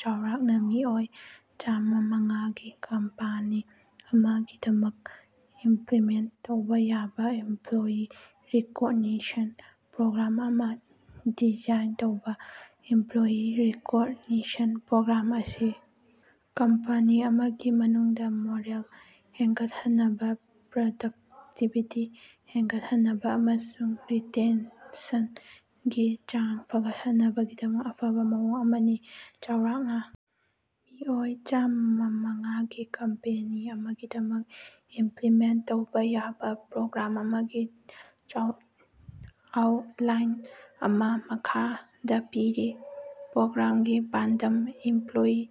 ꯆꯥꯎꯔꯥꯛꯅꯥ ꯃꯤꯑꯣꯏ ꯆꯥꯃꯉꯥꯒꯤ ꯀꯝꯄꯅꯤ ꯑꯃꯒꯤꯗꯃꯛ ꯏꯝꯄ꯭ꯂꯤꯃꯦꯟꯇ ꯇꯧꯕꯥ ꯌꯥꯕꯥ ꯏꯝꯄ꯭ꯂꯣꯌꯤ ꯔꯤꯀꯣꯒꯅꯤꯁꯟ ꯄ꯭ꯔꯣꯒ꯭ꯔꯥꯝ ꯑꯃꯥ ꯗꯤꯖꯥꯏꯟ ꯇꯧꯕꯥ꯫ ꯏꯝꯄ꯭ꯂꯣꯌꯤ ꯔꯤꯀꯣꯒꯅꯤꯁꯟ ꯄ꯭ꯔꯣꯒ꯭ꯔꯥꯝ ꯑꯁꯤ ꯀꯝꯄꯅꯤ ꯑꯃꯒꯤ ꯃꯅꯨꯡꯗꯥ ꯃꯣꯔꯦꯜ ꯍꯦꯟꯒꯠꯍꯟꯅꯕꯥ, ꯄ꯭ꯔꯗꯛꯇꯤꯚꯤꯇꯤ ꯍꯦꯟꯒꯠꯍꯟꯅꯕꯥ ꯑꯃꯁꯨꯡ ꯔꯤꯇꯦꯟꯁꯟꯒꯤ ꯆꯥꯡ ꯐꯒꯠꯍꯟꯅꯕꯒꯤ ꯑꯐꯕꯥ ꯃꯑꯣꯡ ꯑꯃꯅꯤ꯫ ꯆꯥꯎꯔꯥꯛꯅꯥ ꯃꯤꯑꯣꯏ ꯆꯥꯃꯉꯥꯒꯤ ꯀꯝꯄꯦꯅꯤ ꯑꯃꯒꯤꯗꯃꯛ ꯏꯝꯄ꯭ꯂꯤꯃꯦꯟꯇ ꯇꯧꯕꯥ ꯌꯥꯕꯥ ꯄ꯭ꯔꯣꯒ꯭ꯔꯥꯝ ꯑꯃꯒꯤ ꯑꯥꯎꯠꯂꯥꯏꯟ ꯑꯃꯥ ꯃꯈꯥꯗꯥ ꯄꯤꯔꯤ꯫ ꯄ꯭ꯔꯣꯒ꯭ꯔꯥꯝꯒꯤ ꯄꯥꯟꯗꯝ: ꯏꯝꯄ꯭ꯂꯣꯌꯤ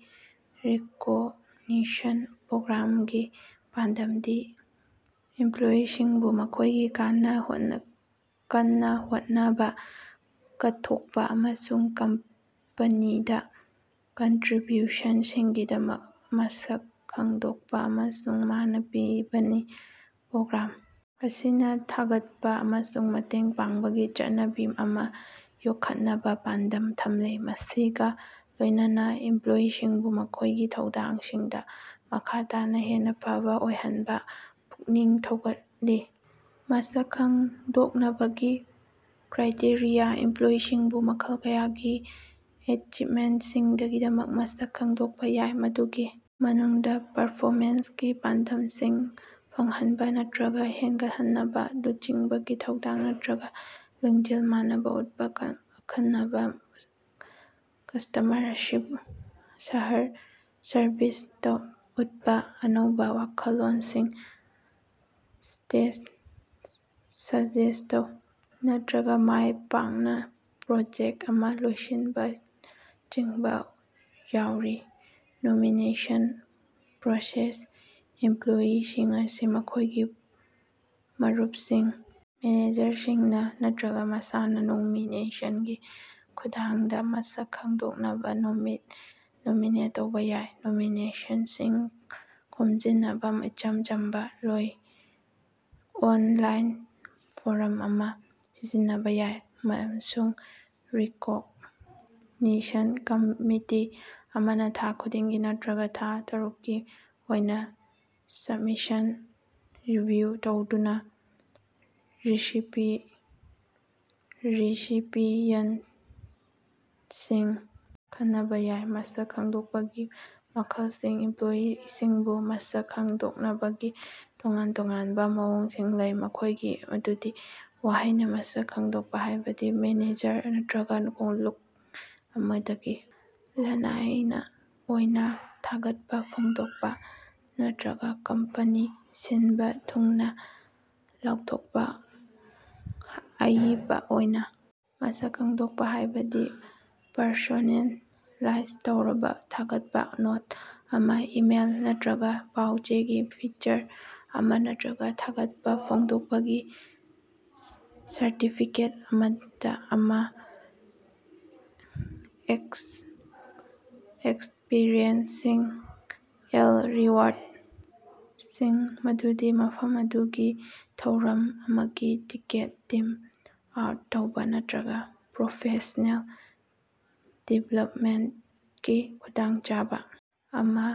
ꯔꯤꯀꯣꯒꯅꯤꯁꯟ ꯄ꯭ꯔꯣꯒ꯭ꯔꯥꯝꯒꯤ ꯄꯥꯟꯗꯝꯗꯤ ꯏꯝꯄ꯭ꯂꯣꯌꯤꯁꯤꯡꯕꯨ ꯃꯈꯣꯢꯒꯤ ꯀꯟꯅꯥ ꯍꯣꯠꯅꯕꯥ, ꯀꯠꯊꯣꯀꯄꯥ ꯑꯃꯁꯨꯡ ꯀꯝꯄꯅꯤꯗꯥ ꯀꯟꯇ꯭ꯔꯤꯕ꯭ꯌꯨꯁꯟꯁꯤꯡꯒꯤꯗꯃꯛ ꯃꯁꯛ ꯈꯪꯗꯣꯛꯄꯥ ꯑꯃꯁꯨꯡ ꯃꯥꯅꯥ ꯄꯤꯕꯅꯤ꯫ ꯄ꯭ꯔꯣꯒ꯭ꯔꯥꯝ ꯑꯁꯤꯅꯥ ꯊꯥꯒꯠꯄꯥ ꯑꯃꯁꯨꯡ ꯃꯇꯦꯡ ꯄꯥꯡꯕꯒꯤ ꯆꯠꯅꯕꯤ ꯑꯃꯥ ꯌꯣꯛꯈꯠꯅꯕꯥ ꯄꯥꯟꯗꯝ ꯊꯝꯂꯤ, ꯃꯁꯤꯒꯥ ꯂꯣꯢꯅꯅꯥ ꯏꯝꯄ꯭ꯂꯣꯌꯤꯁꯤꯡꯕꯨ ꯃꯈꯣꯢꯒꯤ ꯊꯧꯗꯥꯡꯁꯤꯡꯗꯥ ꯃꯈꯥ ꯇꯥꯅꯥ ꯍꯦꯟꯅꯥ ꯐꯕꯥ ꯑꯣꯏꯍꯟꯅꯕꯥ ꯄꯨꯛꯅꯤꯡ ꯊꯧꯒꯠꯂꯤ꯫ ꯃꯁꯛ ꯈꯪꯗꯣꯛꯅꯕꯒꯤ ꯀ꯭ꯔꯥꯏꯇꯦꯔꯤꯌꯥ: ꯏꯝꯄ꯭ꯂꯣꯌꯤꯁꯤꯡꯕꯨ ꯃꯈꯜ ꯀꯌꯥꯒꯤ ꯑꯦꯆꯤꯞꯃꯦꯟꯇꯁꯤꯡꯒꯤꯗꯃꯛ ꯃꯁꯛ ꯈꯪꯗꯣꯛꯄꯥ ꯌꯥꯏ, ꯃꯗꯨꯒꯤ ꯃꯅꯨꯡꯗꯥ ꯄꯔꯐꯣꯃꯦꯟꯁꯀꯤ ꯄꯥꯟꯗꯝꯁꯤꯡ ꯐꯪꯍꯟꯕꯥ ꯅꯠꯇ꯭ꯔꯒꯥ ꯍꯦꯟꯒꯠꯍꯟꯕꯥ, ꯂꯨꯆꯤꯡꯕꯒꯤ ꯊꯧꯗꯥꯡ ꯅꯠꯇ꯭ꯔꯒꯥ ꯂꯤꯡꯖꯦꯜ ꯃꯅꯕꯥ ꯎꯠꯄꯥ, ꯑꯈꯟꯅꯕꯥ ꯀꯁꯇꯃꯔ ꯁꯔꯕꯤꯁ ꯎꯠꯄꯥ, ꯑꯅꯧꯕꯥ ꯋꯥꯈꯜꯂꯣꯟꯁꯤꯡ ꯁꯖꯦꯁꯇ ꯇꯧꯕꯥ, ꯅꯠꯇ꯭ꯔꯒꯥ ꯃꯥꯢ ꯄꯥꯛꯅꯥ ꯄ꯭ꯔꯣꯖꯦꯛꯇ ꯑꯃꯥ ꯂꯣꯏꯁꯤꯟꯕꯥꯅꯆꯤꯡꯕ ꯌꯥꯎꯔꯤ꯫ ꯅꯣꯃꯤꯅꯦꯁꯟ ꯄ꯭ꯔꯣꯁꯦꯁ: ꯏꯝꯄ꯭ꯂꯣꯌꯤꯁꯤꯡ ꯑꯁꯤ ꯃꯈꯣꯢꯒꯤ ꯃꯔꯨꯞꯁꯤꯡ, ꯃꯦꯅꯦꯖꯔꯁꯤꯡꯅꯥ ꯅꯠꯇ꯭ꯔꯒꯥ ꯃꯁꯥꯅꯥ ꯅꯣꯃꯤꯅꯦꯁꯟꯒꯤ ꯈꯨꯠꯊꯥꯡꯗꯥ ꯃꯁꯛ ꯈꯪꯗꯣꯛꯅꯕꯥ ꯅꯣꯃꯤꯅꯦꯠ ꯇꯧꯕꯥ ꯌꯥꯏ꯫ ꯅꯣꯃꯤꯅꯦꯁꯟꯁꯤꯡ ꯈꯣꯝꯖꯤꯟꯅꯕꯥ ꯏꯆꯝ ꯆꯝꯕꯥ ꯑꯣꯟꯂꯥꯏꯟ ꯐꯣꯔꯝ ꯑꯃꯥ ꯁꯤꯖꯤꯟꯅꯕꯥ ꯌꯥꯏ, ꯑꯃꯁꯨꯡ ꯔꯤꯀꯣꯛꯅꯤꯁꯟ ꯀꯝꯃꯤꯇꯤ ꯑꯃꯅꯥ ꯊꯥ ꯈꯨꯗꯤꯡꯒꯤ ꯅꯠꯇ꯭ꯔꯒꯥ ꯊꯥ ꯇꯔꯨꯛꯀꯤ ꯑꯣꯏꯅꯥ ꯁꯕꯃꯤꯁꯟꯁꯤꯡ ꯔꯤꯚꯤꯌꯨ ꯇꯧꯗꯨꯅꯥ ꯔꯤꯁꯤꯄꯤꯌꯟꯇꯁꯤꯡ ꯈꯟꯅꯕ ꯌꯥꯏ꯫ ꯃꯁꯛ ꯈꯪꯗꯣꯛꯄꯒꯤ ꯃꯈꯜꯁꯤꯡ: ꯏꯝꯄ꯭ꯂꯣꯌꯤꯁꯤꯡꯕꯨ ꯃꯁꯛ ꯈꯪꯗꯣꯛꯅꯕꯒꯤ ꯇꯣꯉꯥꯟ ꯇꯣꯉꯥꯟꯕꯥ ꯃꯑꯣꯡꯁꯤꯡ ꯂꯩ, ꯃꯈꯣꯢꯁꯤꯡ ꯑꯗꯨꯗꯤ: ꯋꯥꯍꯩꯅꯥ ꯃꯁꯛ ꯈꯪꯗꯣꯛꯄꯥ, ꯍꯥꯢꯕꯗꯤ ꯃꯦꯅꯦꯖꯔ ꯅꯠꯔꯒꯥ ꯀꯣꯂꯤꯛ ꯑꯃꯗꯒꯤ ꯂꯅꯥꯏ ꯑꯣꯏꯅꯥ ꯊꯥꯒꯠꯄꯥ ꯐꯣꯡꯗꯣꯛꯄꯥ, ꯅꯠꯔꯒꯥ ꯀꯝꯄꯅꯤ ꯁꯤꯟꯕꯥ ꯊꯨꯡꯅꯥ ꯂꯥꯎꯊꯣꯀꯄꯥ꯫ ꯑꯏꯕꯥ ꯑꯣꯏꯅꯥ ꯃꯁꯛ ꯈꯪꯗꯣꯛꯄꯥ, ꯍꯥꯢꯕꯗꯤ ꯄꯔꯁꯣꯅꯦꯂꯥꯏꯖ ꯇꯧꯔꯕꯥ ꯊꯥꯒꯠꯄꯥ ꯅꯣꯠ ꯑꯃꯥ, ꯏꯃꯦꯜ ꯅꯠꯠꯔꯒꯥ ꯄꯥꯎ-ꯆꯦꯒꯤ ꯐꯤꯆꯔ ꯑꯃꯥ, ꯅꯠꯇ꯭ꯔꯒꯥ ꯊꯥꯒꯠꯄꯥ ꯐꯣꯡꯗꯣꯛꯄꯒꯤ ꯁꯔꯇꯤꯐꯤꯀꯦꯠ ꯑꯃꯥ꯫ ꯑꯦꯛꯁꯄꯤꯔꯤꯑꯦꯟꯁꯤꯑꯦꯜ ꯔꯤꯋꯥꯔꯗꯁꯤꯡ, ꯃꯗꯨꯗꯤ ꯃꯐꯝ ꯑꯗꯨꯒꯤ ꯊꯧꯔꯝ ꯑꯃꯒꯤ ꯇꯤꯀꯦꯠ, ꯇꯤꯝ ꯑꯥꯎꯠ ꯇꯧꯕꯥ, ꯅꯠꯇ꯭ꯔꯒꯥ ꯄ꯭ꯔꯣꯐꯦꯁ꯭ꯅꯦꯜ ꯗꯤꯕꯦꯂꯞꯃꯦꯟꯇꯀꯤ ꯈꯨꯗꯣꯡꯆꯥꯕꯥ ꯑꯃꯥ꯫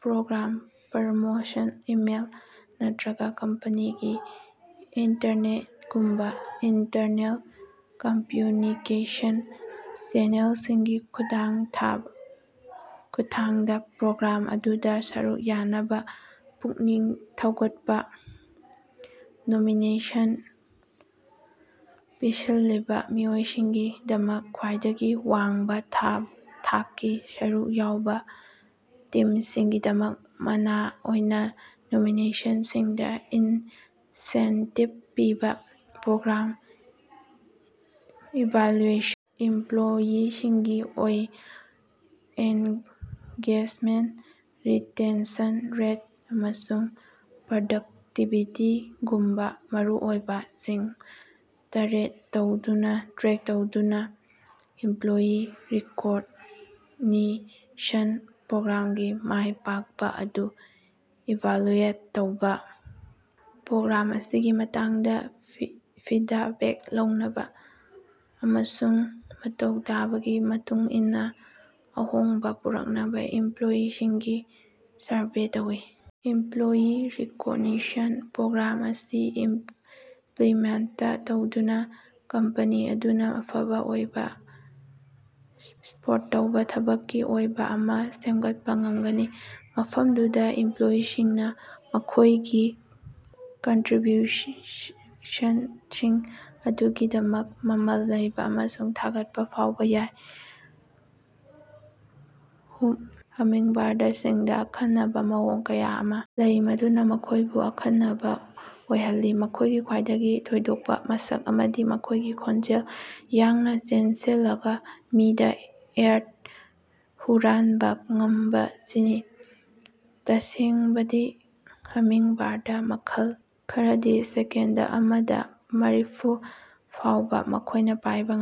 ꯄ꯭ꯔꯣꯒ꯭ꯔꯥꯝ ꯄ꯭ꯔꯃꯣꯁꯟ: ꯏꯃꯦꯜ ꯅꯠꯇ꯭ꯔꯒꯥ ꯀꯝꯄꯅꯤꯒꯤ ꯏꯟꯇꯔꯅꯦꯠꯒꯨꯝꯕꯥ ꯏꯟꯇꯔꯅꯦꯜ ꯀꯝꯃ꯭ꯌꯨꯅꯤꯀꯦꯁꯟ ꯆꯦꯅꯦꯜꯁꯤꯡꯒꯤ ꯈꯨꯠꯊꯥꯡꯗꯥ ꯄ꯭ꯔꯣꯒ꯭ꯔꯥꯝ ꯑꯗꯨꯗꯥ ꯁꯔꯨꯛ ꯌꯥꯅꯕꯥ ꯄꯨꯛꯅꯤꯡ ꯊꯧꯒꯠꯄꯥ꯫ ꯅꯣꯃꯤꯅꯦꯁꯟ ꯄꯤꯁꯤꯜꯂꯤꯕꯥ ꯃꯤꯑꯣꯏꯁꯤꯡꯒꯤꯗꯃꯛ ꯈ꯭ꯋꯥꯏꯗꯒꯤ ꯋꯥꯡꯕꯥ ꯊꯥꯛꯀꯤ ꯁꯔꯨꯛ ꯌꯥꯎꯕꯥ ꯇꯤꯝꯁꯤꯡꯒꯤꯗꯃꯛ ꯃꯅꯥ ꯑꯣꯢꯅ ꯅꯣꯃꯤꯅꯦꯁꯟꯁꯤꯡꯗ ꯏꯟꯁꯦꯟꯇꯤꯚ ꯄꯤꯕꯥ꯫ ꯄ꯭ꯔꯣꯒ꯭ꯔꯥꯝ ꯏꯚꯥꯂꯨꯑꯦꯁꯟ: ꯏꯃꯄ꯭ꯂꯣꯌꯤꯁꯤꯡꯒꯤ ꯑꯦꯟꯒꯦꯖꯃꯦꯟꯇ, ꯔꯤꯇꯦꯟꯁꯟ ꯔꯦꯠ, ꯑꯃꯁꯨꯡ ꯄ꯭ꯔꯗꯛꯇꯤꯕꯤꯇꯤꯒꯨꯝꯕꯥ ꯃꯔꯨꯑꯣꯏꯕꯥ ꯁꯤꯡ ꯇ꯭ꯔꯦꯛ ꯇꯧꯗꯨꯅꯥ ꯏꯝꯄ꯭ꯂꯣꯌꯤ ꯔꯤꯀꯣꯒꯅꯤꯁꯟ ꯄ꯭ꯔꯣꯒ꯭ꯔꯥꯝꯒꯤ ꯃꯥꯢ ꯄꯥꯛꯄꯥ ꯑꯗꯨ ꯏꯚꯥꯂꯨꯑꯦꯠ ꯇꯧꯕꯥ꯫ ꯄ꯭ꯔꯣꯒ꯭ꯔꯥꯝ ꯑꯁꯤꯒꯤ ꯃꯇꯥꯡꯗꯥ ꯐꯤꯗꯕꯦꯛ ꯂꯧꯅꯕꯥ ꯑꯃꯁꯨꯡ ꯃꯊꯧ ꯇꯥꯕꯒꯤ ꯃꯇꯨꯡ ꯏꯟꯅꯥ ꯑꯍꯣꯡꯕꯥ ꯄꯨꯔꯛꯅꯕꯥ ꯏꯝꯄ꯭ꯂꯣꯌꯤꯁꯤꯡꯒꯤ ꯁꯔꯚꯦ ꯇꯧꯢ꯫ ꯏꯝꯄ꯭ꯂꯣꯌꯤ ꯔꯤꯀꯣꯒꯅꯤꯁꯟ ꯄ꯭ꯔꯣꯒ꯭ꯔꯥꯝ ꯑꯁꯤ ꯏꯝꯄ꯭ꯂꯤꯃꯦꯟꯇ ꯇꯧꯗꯨꯅꯥ, ꯀꯝꯄꯅꯤ ꯑꯗꯨꯅꯥ ꯑꯐꯕ ꯑꯣꯏꯕꯥ ꯁꯄꯣꯔꯠ ꯇꯧꯕꯥ ꯊꯕꯛꯀꯤ ꯑꯀꯣꯢꯕ ꯑꯃꯥ ꯁꯦꯃꯒꯠꯄꯥ ꯉꯃꯒꯅꯤ, ꯃꯐꯃꯗꯨꯗꯥ ꯏꯝꯄ꯭ꯂꯣꯌꯤꯁꯤꯡꯅꯥ ꯃꯈꯣꯢꯒꯤ ꯀꯟꯇ꯭ꯔꯤꯕ꯭ꯌꯨꯁꯟꯁꯤꯡ ꯑꯗꯨꯒꯤꯗꯃꯛ ꯃꯃꯜ ꯂꯩꯕꯥ ꯑꯃꯁꯨꯡ ꯊꯥꯒꯠꯄꯥ ꯐꯥꯎꯕꯥ ꯌꯥꯏ꯫ ꯍꯃꯤꯡꯕꯥꯔꯗꯁꯤꯡꯗꯥ ꯑꯈꯟꯅꯕꯥ ꯃꯑꯣꯡ ꯀꯌꯥ ꯑꯃꯥ ꯂꯩ ꯃꯗꯨꯅꯥ ꯃꯈꯣꯢꯕꯨ ꯑꯈꯟꯅꯕꯥ ꯑꯣꯏꯍꯜꯂꯤ꯫ ꯃꯈꯣꯢꯒꯤ ꯈ꯭ꯋꯥꯏꯗꯒꯤ ꯊꯣꯏꯗꯣꯀꯄꯥ ꯃꯁꯛ ꯑꯃꯗꯤ ꯃꯈꯣꯢꯒꯤ ꯈꯣꯡꯖꯦꯜ ꯌꯥꯡꯅꯥ ꯆꯦꯟꯁꯤꯜꯂꯒꯥ ꯃꯤꯗ-ꯑꯦꯌꯔꯗꯥ ꯍꯨꯔꯥꯟꯕꯥ ꯉꯝꯕꯁꯤꯅꯤ꯫ ꯇꯁꯦꯡꯕꯗꯤ, ꯍꯃꯤꯡꯕꯥꯔꯗ ꯃꯈꯜ ꯈꯔꯗꯤ ꯁꯦꯀꯦꯟꯗ ꯑꯃꯗꯥ ꯃꯔꯤꯐꯨ ꯐꯥꯎꯕꯥ ꯃꯈꯣꯢꯅ ꯄꯥꯢꯕ ꯉꯝꯃꯤ꯫